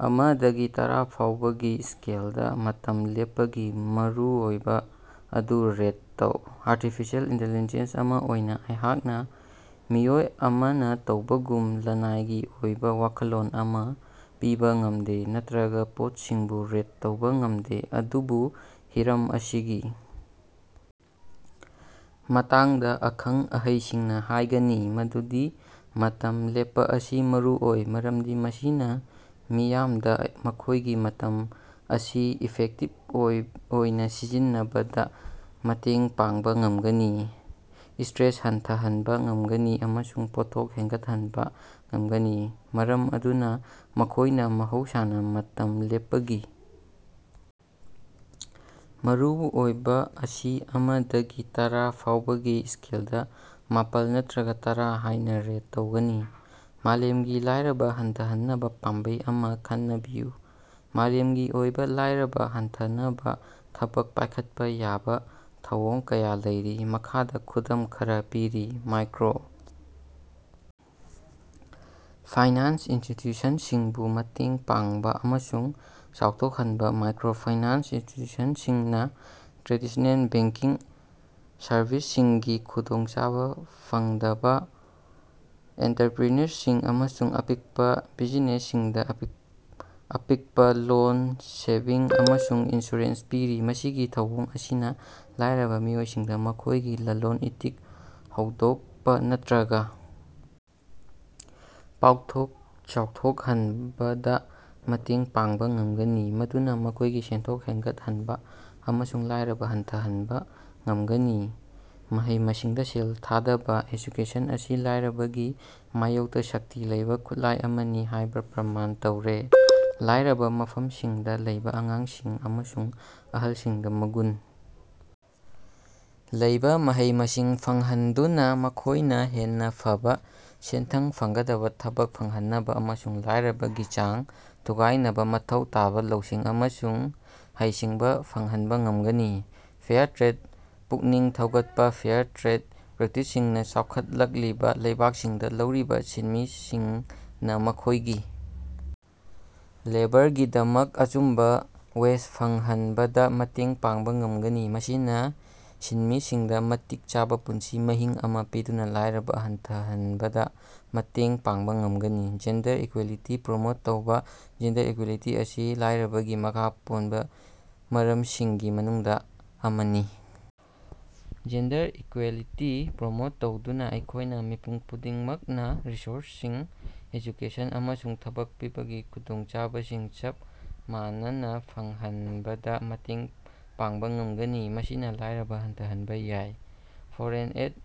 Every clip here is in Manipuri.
ꯑꯃ ꯗꯒꯤ ꯇꯔꯥ ꯐꯥꯎꯕꯒꯤ ꯏꯁꯀꯦꯜꯗꯥ, ꯃꯇꯝ ꯂꯦꯞꯄꯒꯤ ꯃꯔꯨꯑꯣꯏꯕ ꯑꯗꯨ ꯔꯦꯠ ꯇꯧ꯫ ꯑꯥꯔꯇꯤꯐꯤꯁꯤꯑꯦꯜ ꯏꯟꯇꯦꯜꯂꯤꯒꯦꯟꯁ ꯑꯃ ꯑꯣꯏꯅꯥ ꯑꯩꯍꯥꯛꯅꯥ ꯃꯤꯑꯣꯏ ꯑꯃꯅ ꯇꯧꯕꯒꯨꯝꯅꯥ ꯂꯅꯥꯏꯒꯤ ꯑꯣꯏꯕꯥ ꯋꯥꯈꯜꯂꯣꯟ ꯑꯃ ꯄꯤꯕꯥ ꯉꯝꯗꯦ ꯅꯠꯇ꯭ꯔꯥꯒ ꯄꯣꯠꯁꯤꯡꯕꯨ ꯔꯦꯠ ꯇꯧꯕꯥ ꯉꯝꯗꯦ ꯑꯗꯨꯕꯨ ꯍꯤꯔꯝ ꯑꯁꯤꯒꯤ ꯃꯇꯥꯡꯗ ꯑꯈꯪ-ꯑꯍꯩꯁꯤꯡꯅꯥ ꯍꯥꯏꯒꯅꯤ ꯃꯗꯨꯗꯤ ꯃꯇꯝ ꯂꯦꯞꯄꯥ ꯑꯁꯤ ꯃꯔꯨꯑꯣꯏ ꯃꯔꯝꯗꯤ ꯃꯁꯤꯅꯥ ꯃꯤꯌꯥꯝꯗ ꯃꯈꯣꯏꯒꯤ ꯃꯇꯝ ꯑꯁꯤ ꯏꯐꯦꯛꯇꯤꯕ ꯑꯣꯏꯅꯥ ꯁꯤꯖꯤꯟꯅꯕꯗꯥ ꯃꯇꯦꯡ ꯄꯥꯡꯕꯥ ꯉꯝꯒꯅꯤ, ꯏꯁꯇ꯭ꯔꯦꯁ ꯍꯟꯊꯍꯟꯕ ꯉꯝꯒꯅꯤ ꯑꯃꯁꯨꯡ ꯄꯣꯠꯊꯣꯛ ꯍꯦꯟꯒꯠꯍꯟꯕꯥ ꯉꯝꯒꯅꯤ꯫ ꯃꯔꯝ ꯑꯗꯨꯅꯥ ꯃꯈꯣꯏꯅ ꯃꯍꯧꯁꯅꯥ ꯃꯇꯝ ꯂꯦꯞꯄꯒꯤ ꯃꯔꯨꯑꯣꯏꯕꯥ ꯑꯁꯤ ꯑꯃꯗꯒꯤ ꯇꯔꯥ ꯐꯥꯎꯕꯒꯤ ꯏꯁꯀꯦꯜꯗꯥ ꯃꯥꯄꯜ ꯅꯠꯇ꯭ꯔꯒ ꯇꯔꯥ ꯍꯥꯏꯅꯥ ꯔꯦꯠ ꯇꯧꯒꯅꯤ꯫ ꯃꯥꯂꯦꯝꯒꯤ ꯂꯥꯏꯔꯕꯥ ꯍꯟꯊꯍꯟꯅꯕꯥ ꯄꯥꯝꯕꯩ ꯑꯃꯥ ꯈꯟꯅꯕꯤꯌꯨ꯫ ꯃꯥꯂꯦꯝꯒꯤ ꯑꯣꯏꯕꯥ ꯂꯥꯏꯔꯕꯥ ꯍꯟꯊꯍꯟꯅꯕꯥ ꯊꯕꯛ ꯄꯥꯏꯈꯠꯄꯥ ꯌꯥꯕꯥ ꯊꯧꯑꯣꯡ ꯀꯌꯥ ꯂꯩꯔꯤ꯫ ꯃꯈꯥꯗꯥ ꯈꯨꯗꯝ ꯈꯔꯥ ꯄꯤꯔꯤ: ꯃꯥꯏꯀ꯭ꯔꯣ ꯐꯥꯏꯅꯥꯟꯁ ꯏꯟꯁꯇꯤꯇꯤꯌꯨꯠꯁꯤꯡꯕꯨ ꯃꯇꯦꯡ ꯄꯥꯡꯕꯥ ꯑꯃꯁꯨꯡ ꯆꯥꯎꯊꯣꯛꯍꯟꯕꯥ, ꯃꯥꯏꯀ꯭ꯔꯣ ꯐꯥꯏꯅꯥꯟꯁ ꯏꯟꯁꯇꯤꯇ꯭ꯌꯨꯁꯟꯁꯤꯡꯅꯥ ꯇ꯭ꯔꯦꯗꯤꯁꯅꯦꯜ ꯕꯦꯡꯀꯤꯡ ꯁꯔꯚꯤꯁꯁꯤꯡꯒꯤ ꯈꯨꯗꯣꯡꯆꯥꯕꯥ ꯐꯪꯗꯕ ꯑꯣꯟꯇꯔꯄ꯭ꯔꯤꯅꯔꯁꯤꯡ ꯑꯃꯁꯨꯡ ꯑꯄꯤꯛꯄꯥ ꯕꯤꯖꯤꯅꯦꯁꯁꯤꯡꯗꯥ ꯑꯄꯤꯛꯄꯥ ꯂꯣꯟ, ꯁꯦꯚꯤꯡ, ꯑꯃꯁꯨꯡ ꯏꯟꯁꯨꯔꯦꯟꯁ ꯄꯤꯔꯤ꯫ ꯃꯁꯤꯒꯤ ꯊꯧꯑꯣꯡ ꯑꯁꯤꯅꯥ ꯂꯥꯏꯔꯕꯥ ꯃꯤꯑꯣꯏꯁꯤꯡꯗꯥ ꯃꯈꯣꯏꯒꯤ ꯂꯂꯣꯟ-ꯏꯇꯤꯛ ꯍꯧꯗꯣꯛꯄꯥ ꯅꯠꯇ꯭ꯔꯥꯒꯥ ꯄꯥꯛꯊꯣꯛ-ꯆꯥꯎꯊꯣꯛꯍꯟꯕꯗꯥ ꯃꯇꯦꯡ ꯄꯥꯡꯕ ꯉꯝꯒꯅꯤ꯫ ꯃꯗꯨꯅꯥ ꯃꯈꯣꯏꯒꯤ ꯁꯦꯟꯊꯣꯛ ꯍꯦꯟꯒꯠꯍꯟꯕꯥ ꯑꯃꯁꯨꯡ ꯂꯥꯏꯔꯕ ꯍꯟꯊꯍꯟꯕ ꯉꯝꯒꯅꯤ꯫ ꯃꯍꯩ-ꯃꯁꯤꯡꯗꯥ ꯁꯦꯜ ꯊꯥꯗꯕ, ꯑꯦꯖꯨꯀꯦꯁꯟ ꯑꯁꯤ ꯂꯥꯏꯔꯕꯒꯤ ꯃꯥꯌꯣꯛꯇꯥ ꯁꯛꯇꯤ ꯂꯩꯕꯥ ꯈꯨꯠꯂꯥꯏ ꯑꯃꯅꯤ ꯍꯥꯏꯕꯥ ꯄ꯭ꯔꯃꯥꯟ ꯇꯧꯔꯦ꯫ ꯂꯥꯏꯔꯕꯥ ꯃꯐꯝꯁꯤꯡꯗꯥ ꯂꯩꯕꯥ ꯑꯉꯥꯡꯁꯤꯡ ꯑꯃꯁꯨꯡ ꯑꯍꯜꯁꯤꯡꯗꯥ ꯃꯒꯨꯟ ꯂꯩꯕꯥ ꯃꯍꯩ-ꯃꯁꯤꯡ ꯐꯪꯍꯟꯗꯨꯅꯥ ꯃꯈꯣꯏꯅ ꯍꯦꯟꯅ ꯐꯕ ꯁꯦꯟꯊꯪ ꯐꯪꯒꯗꯕ ꯊꯕꯛ ꯐꯪꯍꯟꯅꯕ ꯑꯃꯁꯨꯡ ꯂꯥꯏꯔꯕꯒꯤ ꯆꯥꯡ ꯊꯨꯒꯥꯏꯅꯕ ꯃꯊꯧ ꯇꯥꯕ ꯂꯧꯁꯤꯡ ꯑꯃꯁꯨꯡ ꯍꯩꯁꯤꯡꯕꯥ ꯐꯪꯍꯟꯕ ꯉꯝꯒꯅꯤ꯫ ꯐꯦꯌꯥꯔ ꯇ꯭ꯔꯦꯗ ꯄꯨꯛꯅꯤꯡ ꯊꯧꯒꯠꯄꯥ: ꯐꯦꯌꯔ ꯇ꯭ꯔꯦꯗ ꯄ꯭ꯔꯦꯛꯇꯤꯁꯁꯤꯡꯅꯥ ꯆꯥꯎꯈꯠꯂꯛꯂꯤꯕꯥ ꯂꯩꯕꯥꯛꯁꯤꯡꯗ ꯂꯧꯔꯤꯕꯥ ꯁꯤꯟꯃꯤꯁꯤꯡꯅ ꯃꯈꯣꯏꯒꯤ ꯂꯦꯕꯔꯒꯤꯗꯃꯛ ꯑꯆꯨꯝꯕ ꯋꯦꯖ ꯐꯪꯍꯟꯕꯗ ꯃꯇꯦꯡ ꯄꯥꯡꯕꯥ ꯉꯝꯒꯅꯤ꯫ ꯃꯁꯤꯅꯥ ꯁꯤꯟꯃꯤꯁꯤꯡꯗ ꯃꯇꯤꯛ ꯆꯥꯕꯥ ꯄꯨꯟꯁꯤ ꯃꯍꯤꯡ ꯑꯃ ꯄꯤꯗꯨꯅ ꯂꯥꯏꯔꯕꯥ ꯍꯟꯊꯍꯅꯕꯗꯥ ꯃꯇꯦꯡ ꯄꯥꯡꯕ ꯉꯝꯒꯅꯤ꯫ ꯖꯦꯟꯗꯔ ꯏꯀꯨꯋꯦꯂꯤꯇꯤ ꯄ꯭ꯔꯣꯃꯣꯠ ꯇꯧꯕꯥ: ꯖꯦꯟꯗꯔ ꯏꯀꯨꯋꯦꯂꯤꯇꯤ ꯑꯁꯤ ꯂꯥꯏꯔꯕꯒꯤ ꯃꯈꯥ ꯄꯣꯟꯕ ꯃꯔꯝꯁꯤꯡꯒꯤ ꯃꯅꯨꯡꯗ ꯑꯃꯅꯤ꯫ ꯖꯦꯟꯗꯔ ꯏꯀꯨꯋꯦꯂꯤꯇꯤ ꯄ꯭ꯔꯃꯣꯠ ꯇꯧꯗꯨꯅꯥ ꯑꯩꯈꯣꯏꯅ ꯃꯤꯄꯨꯝ ꯈꯨꯗꯤꯡꯃꯛꯅꯥ ꯔꯤꯁꯣꯔꯁꯁꯤꯡ, ꯑꯦꯖꯨꯀꯦꯁꯟ, ꯑꯃꯁꯨꯡ ꯊꯕꯛ ꯄꯤꯕꯒꯤ ꯈꯨꯗꯣꯡꯆꯥꯕꯁꯤꯡ ꯆꯞ ꯃꯥꯟꯅꯅ ꯐꯪꯍꯅꯕꯗ ꯃꯇꯦꯡ ꯄꯥꯡꯕ ꯉꯝꯒꯅꯤ꯫ ꯃꯁꯤꯅ ꯂꯥꯏꯔꯕ ꯍꯟꯊꯍꯟꯕꯥ ꯌꯥꯏ꯫ ꯐꯣꯔꯦꯟ ꯑꯦꯗ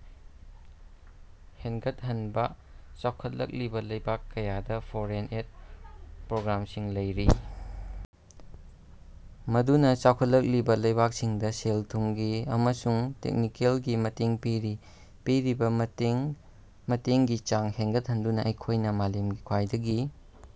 ꯍꯦꯟꯒꯠꯍꯟꯕꯥ: ꯆꯥꯎꯈꯠꯂꯛꯂꯤꯕꯥ ꯂꯩꯕꯥꯛ ꯀꯌꯥꯗꯥ ꯐꯣꯔꯦꯟ ꯑꯦꯗ ꯄ꯭ꯔꯣꯒ꯭ꯔꯥꯝꯁꯤꯡ ꯂꯩꯔꯤ ꯃꯗꯨꯅꯥ ꯆꯥꯎꯈꯠꯂꯛꯂꯤꯕꯥ ꯂꯩꯕꯥꯛꯁꯤꯡꯗꯥ ꯁꯦꯜ-ꯊꯨꯝꯒꯤ ꯑꯃꯁꯨꯡ ꯇꯦꯛꯅꯤꯀꯦꯜꯒꯤ ꯃꯇꯦꯡ ꯄꯤꯔꯤ꯫ ꯄꯤꯔꯤꯕꯥ ꯃꯇꯦꯡꯒꯤ ꯆꯥꯡ ꯍꯦꯟꯒꯠꯍꯟꯗꯨꯅꯥ ꯑꯩꯈꯣꯏꯅꯥ ꯃꯥꯂꯦꯝꯒꯤ ꯈ꯭ꯋꯥꯏꯗꯒꯤ